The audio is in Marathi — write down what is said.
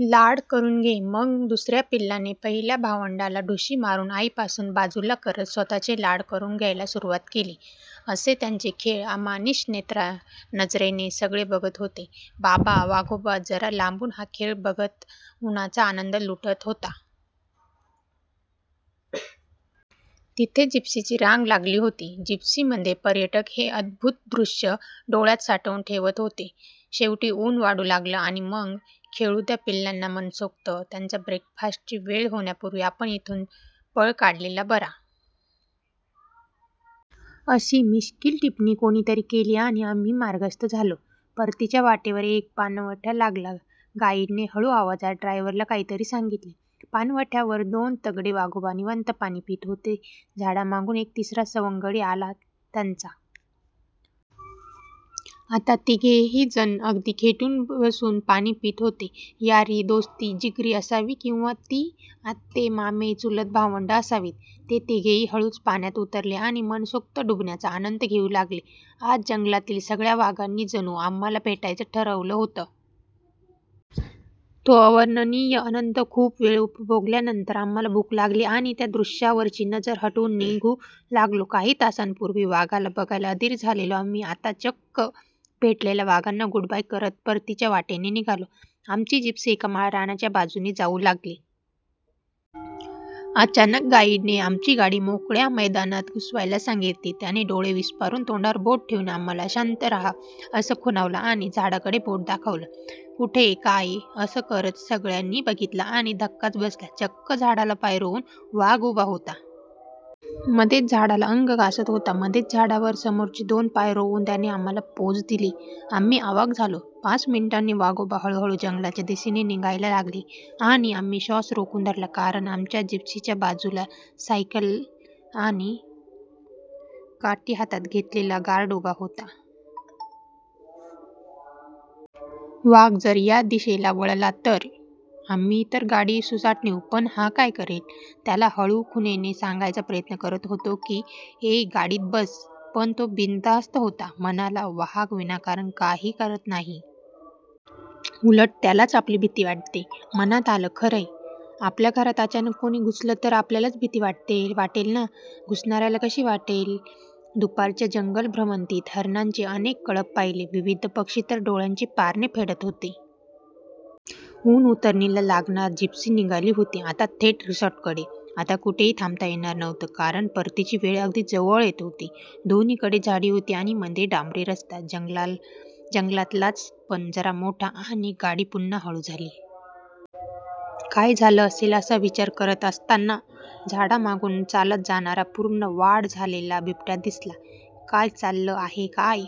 लाड करून घे, मग दुसऱ्या पिल्लाने पहिल्या भावंडाला ढुशी मारून आईपासून बाजूला करत स्वतःचे लाड करून घ्यायला सुरुवात केली. असे त्यांचे खेळ अनिमिष नजरेने सगळे बघत होते. बाबा-वाघोबा जरा लांबून हा खेळ बघत, उन्हाचा आनंद लुटत होता. तिथे जिप्सींची रांग लागली होती. जीप्सींमधले पर्यटक हे अभूतपूर्व दृश्य डोळ्यांत साठवून ठेवत होते. शेवटी ऊन वाढू लागलं आणि मग 'खेळू द्या पिल्लांना मनसोक्त, त्यांच्या ब्रेकफास्टची वेळ होण्यापूर्वी आपण इथून पळ काढलेला बरा.. ' अशी मिश्किल टिपणी कोणीतरी केली आणि आम्ही मार्गस्थ झालो! परतीच्या वाटेवर एक पाणवठा लागला. गाईडने हळू आवाजात ड्रायव्हरला काहीतरी सांगितलं. पाणवठ्यावर दोन तगडे वाघोबा निवांत पाणी पीत होते. झाडामागून एक तिसरा सवंगडी आला त्यांचा. आता तिघेहीजण अगदी खेटून बसून पाणी पीत होते... यारी दोस्ती जिगरी असावी किंवा ती आते, मामे, चुलत भावंडं असावीत. ते तिघेही हळूच पाण्यात उतरले आणि मनसोक्त डुंबण्याचा आनंद घेऊ लागले. आज जंगलातील सगळ्या वाघांनी जणू आम्हांला भेटायचं ठरवलं होतं. तो अवर्णनीय आनंद खूप वेळ उपभोगल्यानंतर आम्हांला भूक लागली आणि त्या दृश्यावरची नजर हटवून निघू लागलो. काही तासांपूर्वी वाघाला बघायला अधीर झालेलो आम्ही आता चक्क भेटलेल्या वाघांना गुडबाय करत परतीच्या वाटेने निघालो. आमची जिप्सी एका माळरानाच्या बाजूने जाऊ लागली. अचानक गाईडने आमची गाडी मोकळ्या मैदानात घुसवायला सांगितली. त्याने डोळे विस्फारून तोंडावर बोट ठेवून आम्हांला 'शांत राहा' असं खुणावलं आणि झाडाकडे बोट दाखवलं! कुठे, काय, असं करत सगळ्यांनी बघितलं आणि धक्काच बसला. चक्क झाडाला पाय रोवून वाघ उभा होता. मध्येच झाडाला अंग घासत होता. मध्येच झाडावर समोरचे दोन पाय रोवून त्याने आम्हांला पोझ दिली! आम्ही अवाक् झालो. पाच मिनिटांनी वाघोबा हळूहळू जंगलाच्या दिशेने निघायला लागले. आणि आम्ही श्वास रोखून धरला, कारण आमच्या जिप्सीच्या बाजूला सायकल आणि काठी हातात घेतलेला गार्ड उभा होता. वाघ जर या दिशेने वळला तर? आम्ही तर गाडी सुसाट नेऊ, पण हा काय करेल? त्याला हळू खुणेने सांगायचा प्रयत्न करत होतो की, ये, गाडीत बस! पण तो बिनधास्त होता. म्हणाला, वाघ विनाकारण काही करत नाही. उलट त्यालाच आपली भीती वाटते! मनात आलं, खरंय, आपल्या घरात अचानक कोणी घुसलं तर आपल्यालाच भीती वाटेल ना? घुसणाऱ्याला कशी वाटेल? दुपारच्या जंगल-भ्रमंतीत हरणांचे अनेक कळप पाहिले, विविध पक्षी तर डोळ्यांचे पारणे फेडत होते. उन्हं उतरणीला लागणार जिप्सी निघाली होती आता थेट रिसॉर्टकडे. आता कुठेही थांबता येणार नव्हतं, कारण परतीची वेळ अगदी जवळ येत होती. दोन्हीकडे झाडी होती आणि मध्ये डांबरी रस्ता. जंगलातलाच, पण जरा मोठा! आणि गाडी पुन्हा हळू झाली. काय झालं असेल असा विचार करत असताना, झाडांमागून चालत जाणारा पूर्ण वाढ झालेला बिबट्या दिसला! काय चाललं आहे काय!